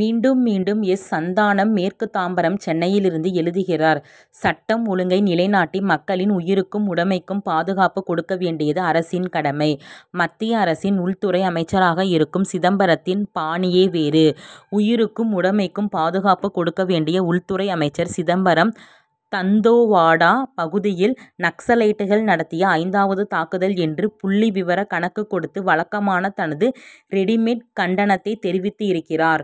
மீண்டும்மீண்டும் S. Santhanam மேற்கு தாம்பரம் சென்னையிலிருந்து எழுதுகிறார் சட்டம் ஒழுங்கை நிலைநாட்டி மக்களின் உயிருக்கும் உடமைக்கும் பாதுகாப்பு கொடுக்க வேண்டியது அரசின் கடமை. மத்திய அரசின் உள்துறை அமைச்சராக இருக்கும் சிதம்பரத்தின் பாணியே வேறு. உயிருக்கும் உடமைக்கும் பாதுகாப்பு கொடுக்க வேண்டிய உள்துறை அமைச்சர் சிதம்பரம் தந்தேவாடா பகுதியில் நக்சலைட்கள் நடத்திய ஐந்தாவது தாக்குதல் என்று புள்ளிவிவரக் கணக்குக் கொடுத்து வழக்கமான தனது ரெடிமேட் கண்டனத்தை தெரிவித்திருக்கிறார்.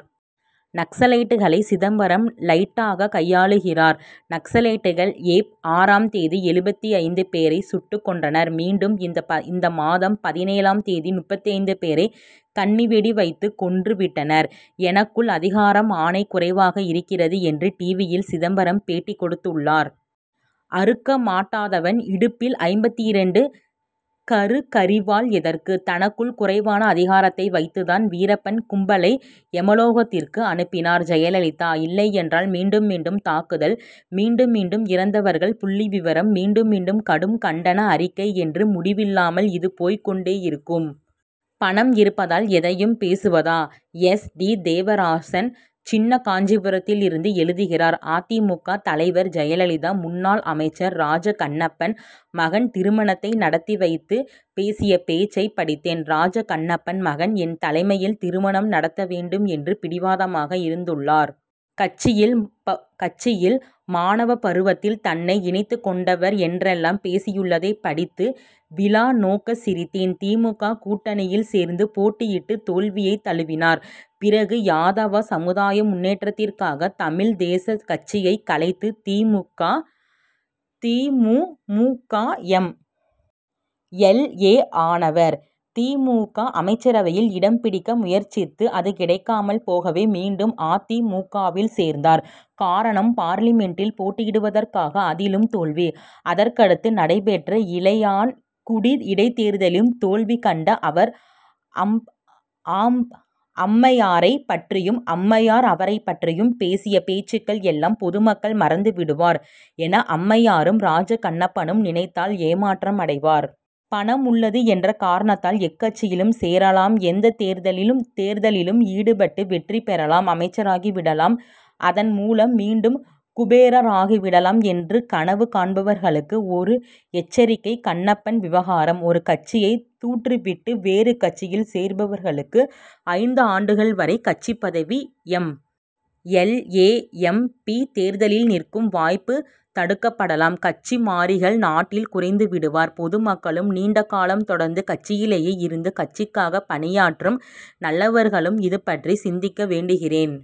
நக்சலைட்களை சிதம்பரம் லைட்டாக கையாள்கிறார். நக்சலைட்கள் ஏப். ஆறாம் தேதி எழுபத்தைந்து பேரை சுட்டுக் கொன்றனர். மீண்டும் இந்த மாதம் பதினேழாம் தேதி முப்பத்தைந்து பேரை கண்ணிவெடி வைத்துக் கொன்று விட்டனர். எனக்குள்ள அதிகாரம் ஆணை குறைவாக இருக்கிறது என்று டிவியில் சிதம்பரம் பேட்டி கொடுத்துள்ளார். அறுக்க மாட்டாதவன் இடுப்பில் ஐம்பத்திரண்டு கருக்கரிவாள் எதற்கு? தனக்குள்ள குறைவான அதிகாரத்தை வைத்துத்தான் வீரப்பன் கும்பலை எமலோகத்திற்கு அனுப்பினார் ஜெயலலிதா. இல்லையென்றால் மீண்டும் மீண்டும் தாக்குதல் மீண்டும் மீண்டும் இறந்தவர்கள் புள்ளிவிவரம் மீண்டும் மீண்டும் கடும் கண்டன அறிக்கை என்று முடிவில்லாமல் இது போய்க் கொண்டேயிருக்கும். பணம் இருப்பதால் எதையும் பேசுவதா? எஸ். டி. தேவராசன் சின்ன காஞ்சிபுரத்திலிருந்து எழுதுகிறார் அ. தி. மு. க. தலைவர் ஜெயலலிதா முன்னாள் அமைச்சர் ராஜ கண்ணப்பன் மகன் திருமணத்தை நடத்தி வைத்து பேசிய பேச்சை படித்தேன். ராஜ கண்ணப்பன் மகன் என் தலைமையில் திருமணம் நடத்த வேண்டும் என்று பிடிவாதமாக இருந்துள்ளார். கட்சியில் மாணவப் பருவத்தில் தன்னை இணைத்துக் கொண்டவர் என்றெல்லாம் பேசியுள்ளதைப் படித்து விலா நோகச் சிரித்தேன். தி. மு. க. கூட்டணியில் சேர்ந்து போட்டியிட்டு தோல்வியைத் தழுவினார். பிறகு யாதவ சமுதாய முன்னேற்றத்திற்காக தமிழ் தேசக் கட்சியை கலைத்து தி. மு. மு. க. எம். எல். ஏ. ஆனவர். தி. மு. க. அமைச்சரவையில் இடம் பிடிக்க முயற்சித்து அது கிடைக்காமல் போகவே மீண்டும் அ. தி. மு. க.வில் சேர்ந்தார். காரணம் பார்லிமென்டில் போட்டியிடுவதற்காக அதிலும் தோல்வி. அதற்கடுத்து நடைபெற்ற இளையான்குடி இடைத்தேர்தலிலும் தோல்வி கண்ட அவர் அம்மையாரைப் பற்றியும் அம்மையார் அவரைப் பற்றியும் பேசிய பேச்சுக்கள் எல்லாம் பொதுமக்கள் மறந்து விடுவர் என அம்மையாரும் ராஜ கண்ணப்பனும் நினைத்தால் ஏமாற்றம் அடைவர். பணம் உள்ளது என்ற காரணத்தால் எக்கட்சியிலும் சேரலாம் எந்தத் தேர்தலிலும் ஈடுபட்டு வெற்றி பெறலாம் அமைச்சராகி விடலாம் அதன் மூலம் மீண்டும் குபேரர் ஆகிவிடலாம் என்று கனவு காண்பவர்களுக்கு ஒரு எச்சரிக்கை கண்ணப்பன் விவகாரம். ஒரு கட்சியை தூற்றிவிட்டு வேறு கட்சியில் சேருபவர்களுக்கு ஐந்து ஆண்டுகள் வரை கட்சிப் பதவி M. L. A. M. P. தேர்தலில் நிற்கும் வாய்ப்பு தடுக்கப்பட்டால் கட்சி மாறிகள் நாட்டில் குறைந்து விடுவர். பொதுமக்களும் நீண்ட காலம் தொடர்ந்து கட்சியிலேயே இருந்து கட்சிக்காக பணியாற்றும் நல்லவர்களும் இது பற்றி சிந்திக்க வேண்டுகிறேன்.